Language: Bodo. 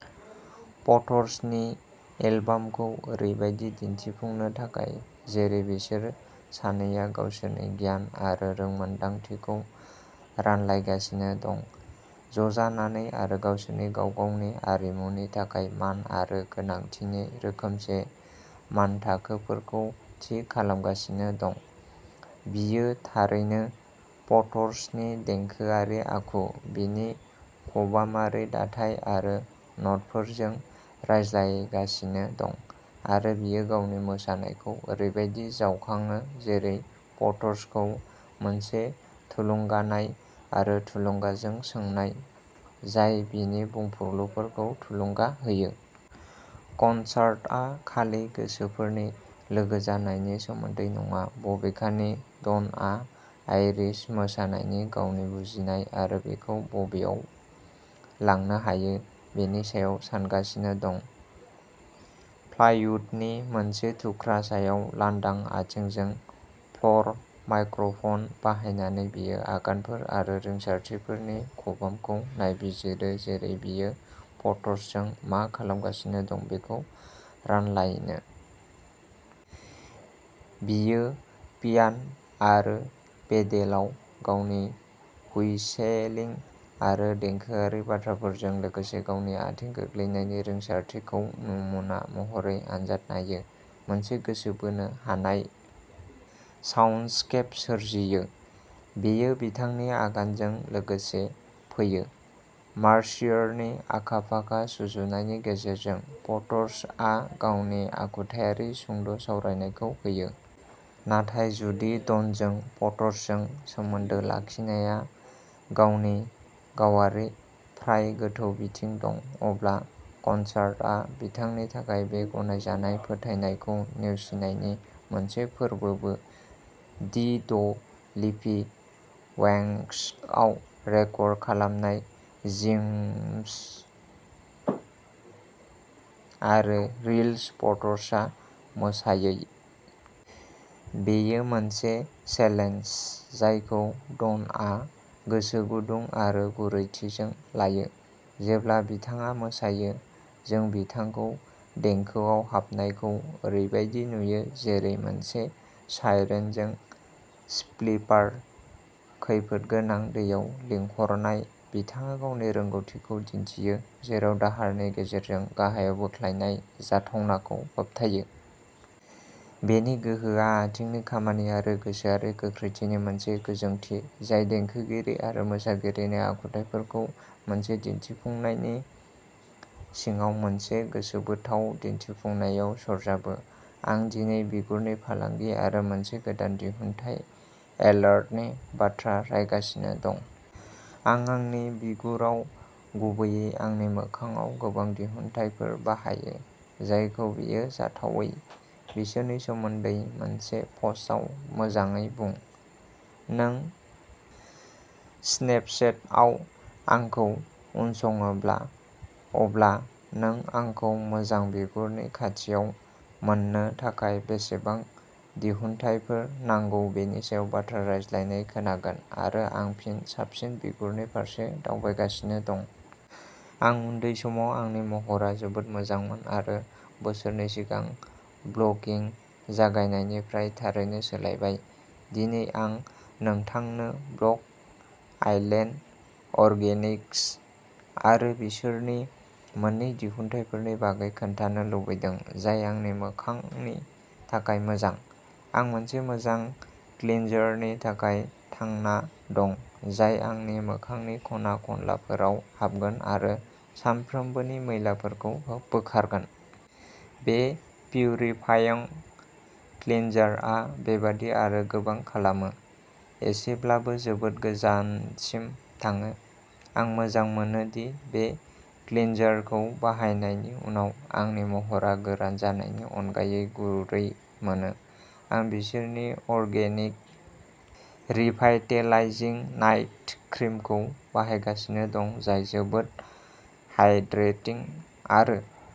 पट्सनि एलबामखौ ओरैबायदि दिन्थिफुंनो थाखाय जेरै बिसोर सानैया गावसोरनि गियान आरो रोंमोनदांथिखौ रानलायगासिनो दं, ज'जानानै आरो गावसोरनि गाव-गावनि आरिमुनि थाखाय मान आरो गोनांथिनि रोखोमसे मानथाखोफोरखौ थि खालामगासिनो दं। बियो थारैनो पटरसनि देंखोआरि आखु, बिनि खबामारि दाथाय आरो न'टफोरजों रायज्लायगासिनो दं, आरो बियो गावनि मोसानायखौ ओरैबायदि जावखाङो जेरै पटरसखौ मोनसे थुलुंगानाय आरो थुलुंगाजों सोंनाय, जाय बिनि बुंफुरलुफोरखौ थुलुंगा होयो। कनसार्टआ खालि गोसोफोरनि लोगो जानायनि सोमोन्दै नङा, बबेखानि; डनआ आइरिश मोसानायनि गावनि बुजिनाय आरो बेखौ बबेयाव लांनो हायो बेनि सायाव सानगासिनो दं। प्लाइवुडनि मोनसे थुख्रा सायाव लांदां आथिंजों फ्ल'र माइक्र'फन बाहायनानै बियो आगानफोर आरो रिंसारथिफोरनि खबामखौ नायबिजिरो जेरै बियो पटरसजों मा खालामगासिनो दं बेखौ रानलायनो। बियो पियान'आरो फिडेलाव गावनि हुइसेलिं आरो देंखोआरि बाथ्राफोरजों लोगोसे गावनि आथिं गोग्लैनायनि रिंसारथिखौ नमुना महरै आनजाद नायो, मोनसे गोसो बोनो हानाय साउन्डस्केप सोरजियो। बेयो बिथांनि आगानजों लोगोसे फैयो। मार्सियारनि आखा-फाखा सुजुनायनि गेजेरजों, पट्सआ गावनि आखुथायारि सुंद'सावरायनायखौ होयो। नाथाय जुदि डनजों पट्सजों सोमोन्दो लाखिनाया गावनि गावारि, फ्राय गोथौ बिथिं दं, अब्ला कनसार्टआ बिथांनि थाखाय बे गनायजानाय फोथायनायखौ नेवसिनायनि मोनसे फोरबोबो दि द लिफी बेंक्सआव रेकर्ड खालामनाय जिम्स आरो रिल्स पटरसआ मोसायै। बेयो मोनसे चेलेन्ज जायखौ डनआ गोसो गुदुं आरो गुरैथिजों लायो। जेब्ला बिथाङा मोसायो, जों बिथांखौ देंखोआव हाबनायखौ ओरैबायदि नुयो जेरै मोनसे साइरेनजों सिप्लिपार, खैफोदगोनां दैयाव लिंहरनाय; बिथाङा गावनि रोंग'थिखौ दिन्थियो, जेराव दाहारनि गेजेरजों गाहायाव बोख्लायनाय जाथावनाखौ होबथायो। बेनि गोहोआ आथिंनि खामानि आरो गोसोआरि गोख्रैथिनि मोनसे गोजोंथि जाय देंखोगिरि आरो मोसागिरिनि आखुथाइफोरखौ मोनसे दिन्थिफुंनायनि सिङाव मोनसे गोसोबोथाव दिन्थिफुंनायाव सरजाबो। आं दिनै बिगुरनि फालांगि आरो मोनसे गोदान दिहुनथाय एलार्टनि बाथ्रा रायगासिनो दं। आं आंनि बिगुराव, गुबैयै आंनि मोखांआव गोबां दिहुनथायफोर बाहायो, जायखौ बेयो जाथावै। बिसोरनि सोमोन्दै मोनसे पस्टआव मोजाङै बुं। नों स्नेपचेटआव आंखौ उनसङोब्ला, अब्ला नों आंखौ मोजां बिगुरनि खाथियाव मोन्नो थाखाय बेसेबां दिहुनथायफोर नांगौ बेनि सायाव बाथ्रा रायज्लायनाय खोनागोन आरो, आं फिन साबसिन बिगुरनि फारसे दावबायगासिनो दं। आं उन्दै समाव आंनि महरा जोबोद मोजांमोन आरो बोसोरनै सिगां ब्लगिं जागायनायनिफ्राय थारैनो सोलायबाय। दिनै आं नोंथांनो ब्लक आइलेन्ड अर्गेनिक्स आरो बिसोरनि मोन्नै दिहुनथायफोरनि बागै खोन्थानो लुबैदों जाय आंनि मोखांनि थाखाय मोजां। आं मोनसे मोजां क्लिनजारनि थाखाय थांना दं जाय आंनि मोखांनि खना-खनलाफोराव हाबगोन आरो सानफ्रोमबोनि मैलाफोरखौ बोखारगोन। बे पिउरिफाइं क्लिनजारआ बेबादि आरो गोबां खालामो। एसेब्लाबो जोबोद गोजानसिम थाङो। आं मोजां मोनो दि बे क्लिनजारखौ बाहायनायनि उनाव आंनि महरा गोरान जानायनि अनगायै गुरै मोनो। आं बिसोरनि अर्गेनिक रिभाइटेलाइजिं नाइट क्रिमखौ बाहायगासिनो दं जाय जोबोद हाइड्रेटिं आरो